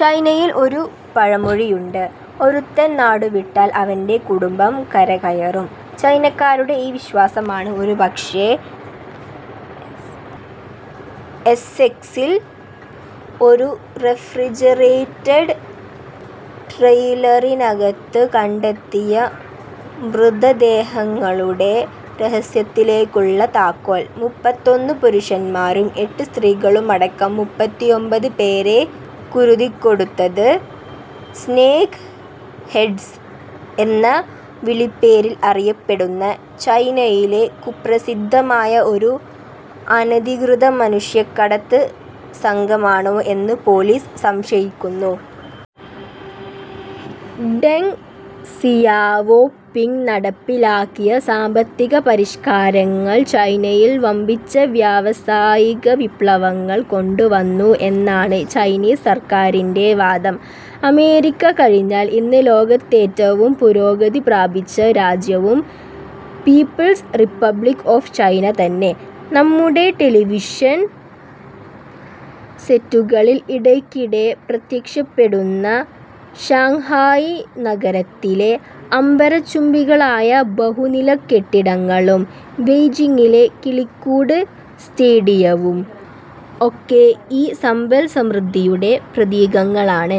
ചൈനയിൽ ഒരു പഴമൊഴിയുണ്ട്, " ഒരുത്തൻ നാടുവിട്ടാൽ, അവന്‍റെ കുടുംബം കരകയറും ". ചൈനക്കാരുടെ ഈ വിശ്വാസമാണ് ഒരുപക്ഷേ, എസ്സെക്സിൽ ഒരു റെഫ്രിജറേറ്റഡ് ട്രെയിലറിനകത്ത് കണ്ടെത്തിയ മൃതദേഹങ്ങളുടെ രഹസ്യത്തിലേക്കുള്ള താക്കോൽ. മുപ്പത്തൊന്നു പുരുഷന്മാരും എട്ട് സ്ത്രീകളുമടക്കം മൂപ്പത്തിഒമ്പത് പേരെ കുരുതികൊടുത്തത് ' സ്നേക്ക് ഹെഡ്സ് ' എന്ന വിളിപ്പേരിൽ അറിയപ്പെടുന്ന ചൈനയിലെ കുപ്രസിദ്ധമായ ഒരു അനധികൃത മനുഷ്യക്കടത്ത് സംഘമാണോ എന്ന് പൊലീസ് സംശയിക്കുന്നു. ഡെങ് സിയാവോ പിങ്ങ് നടപ്പിലാക്കിയ സാമ്പത്തിക പരിഷ്കാരങ്ങൾ ചൈനയിൽ വമ്പിച്ച വ്യാവസായികവിപ്ലവങ്ങൾ കൊണ്ടുവന്നു എന്നാണ് ചൈനീസ് സർക്കാരിന്റെ വാദം. അമേരിക്ക കഴിഞ്ഞാൽ ഇന്ന് ലോകത്തേറ്റവും പുരോഗതി പ്രാപിച്ച രാജ്യവും പീപ്പിൾസ് റിപ്പബ്ലിക് ഓഫ് ചൈന തന്നെ. നമ്മുടെ ടെലിവിഷൻ സെറ്റുകളിൽ ഇടയ്ക്കിടെ പ്രത്യക്ഷപ്പെടുന്ന ഷാങ്ഹായി നഗരത്തിലെ അംബരചുംബികളായ ബഹുനിലക്കെട്ടിടങ്ങളും, ബെയ്ജിങ്ങിലെ ' കിളിക്കൂട് ' സ്റ്റേഡിയവും ഒക്കെ ഈ സമ്പൽസമൃദ്ധിയുടെ പ്രതീകങ്ങളാണ്.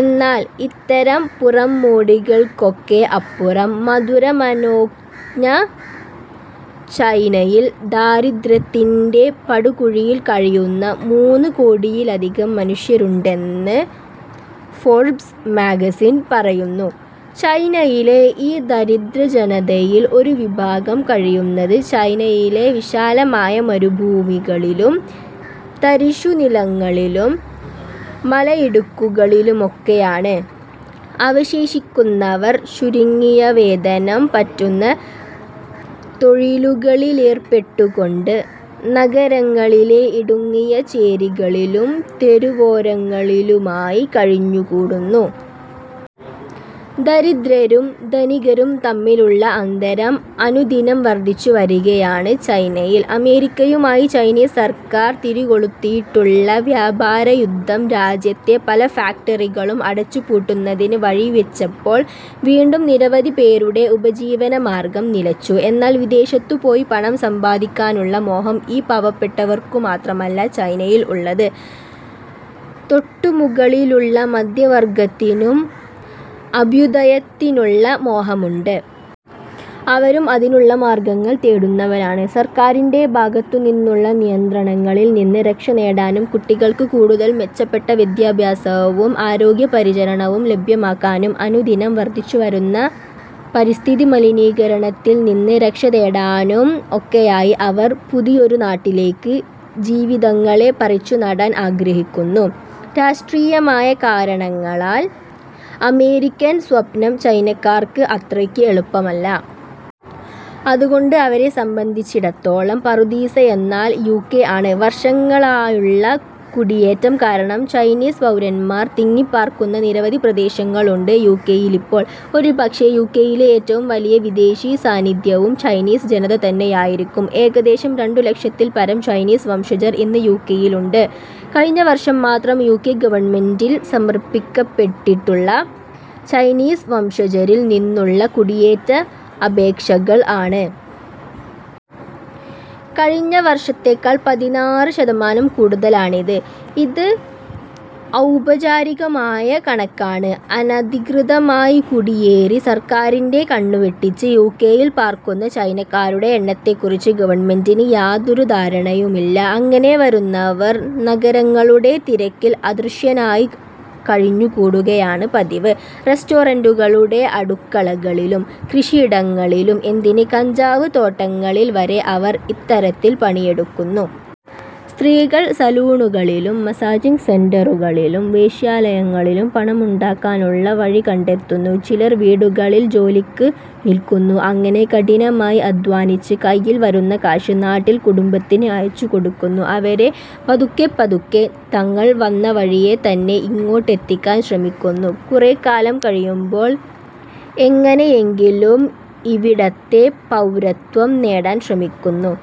എന്നാൽ, ഇത്തരം പുറംമോടികൾക്കൊക്കെ അപ്പുറം, മധുരമനോജ്ഞ ചൈനയിൽ ദാരിദ്ര്യത്തിന്‍റെ പടുകുഴിയിൽ കഴിയുന്ന മൂന്നു കോടിയിലധികം മനുഷ്യരുണ്ടെന്ന് ഫോർബ്സ് മാഗസിൻ പറയുന്നു. ചൈനയിലെ ഈ ദരിദ്രജനതയിൽ ഒരു വിഭാഗം കഴിയുന്നത് ചൈനയിലെ വിശാലമായ മരുഭൂമികളിലും, തരിശുനിലങ്ങളിലും, മലയിടുക്കുകളിലുമൊക്കെയാണ്. അവശേഷിക്കുന്നവർ, ചുരുങ്ങിയവേതനം പറ്റുന്ന തൊഴിലുകളിലേർപ്പെട്ടുകൊണ്ട്, നഗരങ്ങളിലെ ഇടുങ്ങിയ ചേരികളിലും, തെരുവോരങ്ങളിലുമായി കഴിഞ്ഞുകൂടുന്നു. ദരിദ്രരും ധനികരും തമ്മിലുള്ള അന്തരം അനുദിനം വർദ്ധിച്ചുവരികയാണ് ചൈനയിൽ. അമേരിക്കയുമായി ചൈനീസ് സർക്കാർ തിരികൊളുത്തിയിട്ടുള്ള വ്യാപാരയുദ്ധം രാജ്യത്തെ പല ഫാക്ടറികളും അടച്ചു പൂട്ടുന്നതിന് വഴിവെച്ചപ്പോൾ വീണ്ടും നിരവധിപേരുടെ ഉപജീവനമാർഗം നിലച്ചു. എന്നാൽ, വിദേശത്തു പോയി പണം സമ്പാദിക്കാനുള്ള മോഹം ഈ പാവപ്പെട്ടവർക്കുമാത്രമല്ല ചൈനയിൽ ഉള്ളത്. തൊട്ടുമുകളിലുള്ള മധ്യവർഗ്ഗത്തിനും അഭ്യുദയത്തിനുള്ള മോഹമുണ്ട്. അവരും അതിനുള്ള മാർഗ്ഗങ്ങൾ തേടുന്നവരാണ്. സർക്കാരിന്റെ ഭാഗത്തുനിന്നുള്ള നിയന്ത്രണളിൽ നിന്ന് രക്ഷനേടാനും, കുട്ടികൾക്ക് കൂടുതൽ മെച്ചപ്പെട്ട വിദ്യാഭ്യാസവും ആരോഗ്യപരിചരണവും ലഭ്യമാക്കാനും, അനുദിനം വർധിച്ചുവരുന്ന പരിസ്ഥിതിമലിനീകരണത്തിൽ നിന്ന് രക്ഷതേടാനും ഒക്കെയായി അവർ പുതിയൊരു നാട്ടിലേക്ക് ജീവിതങ്ങളെ പറിച്ചുനടാൻ ആഗ്രഹിക്കുന്നു. രാഷ്ട്രീയമായ കാരണങ്ങളാൽ അമേരിക്കൻ സ്വപ്നം ചൈനക്കാർക്ക് അത്രയ്ക്ക് എളുപ്പമല്ല. അതുകൊണ്ട് അവരെ സംബന്ധിച്ചിടത്തോളം പറുദീസയെന്നാൽ യുകെ ആണ്. വർഷങ്ങളായുള്ള കുടിയേറ്റം കാരണം ചൈനീസ് പൗരന്മാർ തിങ്ങിപ്പാർക്കുന്ന നിരവധി പ്രദേശങ്ങളുണ്ട് യുകെയിലിപ്പോൾ. ഒരുപക്ഷേ, യുകെയിലെ ഏറ്റവും വലിയ വിദേശി സാന്നിദ്ധ്യവും ചൈനീസ് ജനത തന്നെയായിരിക്കും. ഏകദേശം രണ്ടുലക്ഷത്തിൽപരം ചൈനീസ് വംശജർ ഇന്ന് യുകെയിലുണ്ട്. കഴിഞ്ഞവർഷം മാത്രം യുകെ ഗവൺമെന്റിൽ സമർപ്പിക്കപ്പെട്ടിട്ടുള്ള ചൈനീസ് വംശജരിൽ നിന്നുള്ള കുടിയേറ്റ അപേക്ഷകൾ ആണ്. കഴിഞ്ഞ വർഷത്തെക്കാൾ പതിനാറ് ശതമാനം കൂടുതലാണിത്. ഇത് ഔപചാരികമായ കണക്കാണ്. അനധികൃതമായി കുടിയേറി, സർക്കാരിന്റെ കണ്ണുവെട്ടിച്ച് യുകെയിൽ പാർക്കുന്ന ചൈനക്കാരുടെ എണ്ണത്തെക്കുറിച്ച് ഗവൺമെന്റിന് യാതൊരു ധാരണയുമില്ല. അങ്ങനെ വരുന്നവർ നഗരങ്ങളുടെ തിരക്കിൽ അദൃശ്യനായി കഴിഞ്ഞുകൂടുകയാണ് പതിവ്. റസ്റ്റോറന്‍റുകളുടെ അടുക്കളകളിലും, കൃഷിയിടങ്ങളിലും, എന്തിന് കഞ്ചാവ് തോട്ടങ്ങളിൽ വരെ അവർ ഇത്തരത്തിൽ പണിയെടുക്കുന്നു. സ്ത്രീകൾ സലൂണുകളിലും, മസാജിങ് സെന്‍ററുകളിലും, വേശ്യാലയങ്ങളിലും പണമുണ്ടാക്കാനുള്ള വഴികണ്ടെത്തുന്നു. ചിലർ വീടുകളിൽ ജോലിക്ക് നില്കുന്നു. അങ്ങനെ കഠിനമായി അദ്ധ്വാനിച്ച് കയ്യിൽ വരുന്ന കാശ് നാട്ടിൽ കുടുംബത്തിന് അയച്ചുകൊടുക്കുന്നു. അവരെ പതുക്കെപ്പതുക്കെ തങ്ങൾ വന്ന വഴിയേ തന്നെ ഇങ്ങോട്ടെത്തിക്കാൻ ശ്രമിക്കുന്നു. കുറേക്കാലം കഴിയുമ്പോൾ എങ്ങനെയെങ്കിലും ഇവിടത്തെ പൗരത്വം നേടാൻ ശ്രമിക്കുന്നു.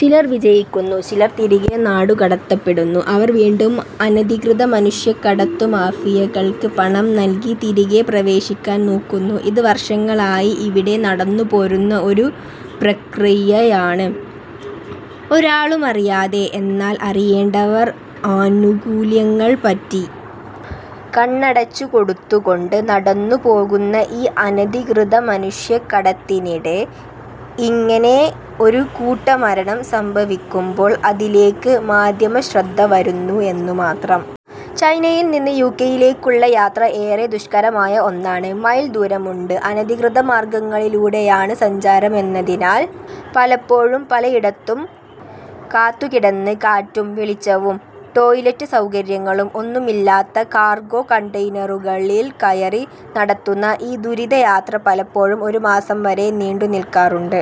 ചിലർ വിജയിക്കുന്നു, ചിലർ തിരികെ നാടുകടത്തപ്പെടുന്നു, അവർ വീണ്ടും അനധികൃത മനുഷ്യക്കടത്തുമാഫിയകൾക്ക് പണം നൽകി തിരികെ പ്രവേശിക്കാൻ നോക്കുന്നു. ഇത് വർഷങ്ങളായി ഇവിടെ നടന്നുപോരുന്ന ഒരു പ്രക്രിയയാണ്. ഒരാളുമറിയാതെ, എന്നാൽ, അറിയേണ്ടവർ ആനുകൂല്യങ്ങൾ പറ്റി, കണ്ണടച്ചുകൊടുത്തുകൊണ്ട്, നടന്നുപോകുന്ന ഈ അനധികൃത മനുഷ്യക്കടത്തിനിടെ ഇങ്ങനെ ഒരു കൂട്ടമരണം സംഭവിക്കുമ്പോൾ അതിലേക്ക് മാധ്യമശ്രദ്ധ വരുന്നു എന്നുമാത്രം. ചൈനയിൽ നിന്ന് യുകെയിലേക്കുള്ള യാത്ര ഏറെ ദുഷ്കരമായ ഒന്നാണ്. മൈൽ ദൂരമുണ്ട്. അനധികൃതമാർഗ്ഗങ്ങളിലൂടെയാണ് സഞ്ചാരമെന്നതിനാൽ പലപ്പോഴും പലയിടത്തും കാത്തുകിടന്ന്, കാറ്റും വെളിച്ചവും, ടോയ്ലെറ്റ് സൗകര്യങ്ങളും ഒന്നുമില്ലാത്ത കാർഗോ കണ്ടെയ്നറുകളിൽ കയറി നടത്തുന്ന ഈ ദുരിതയാത്ര പലപ്പോഴും ഒരുമാസം വരെ നീണ്ടുനിൽക്കാറുണ്ട്.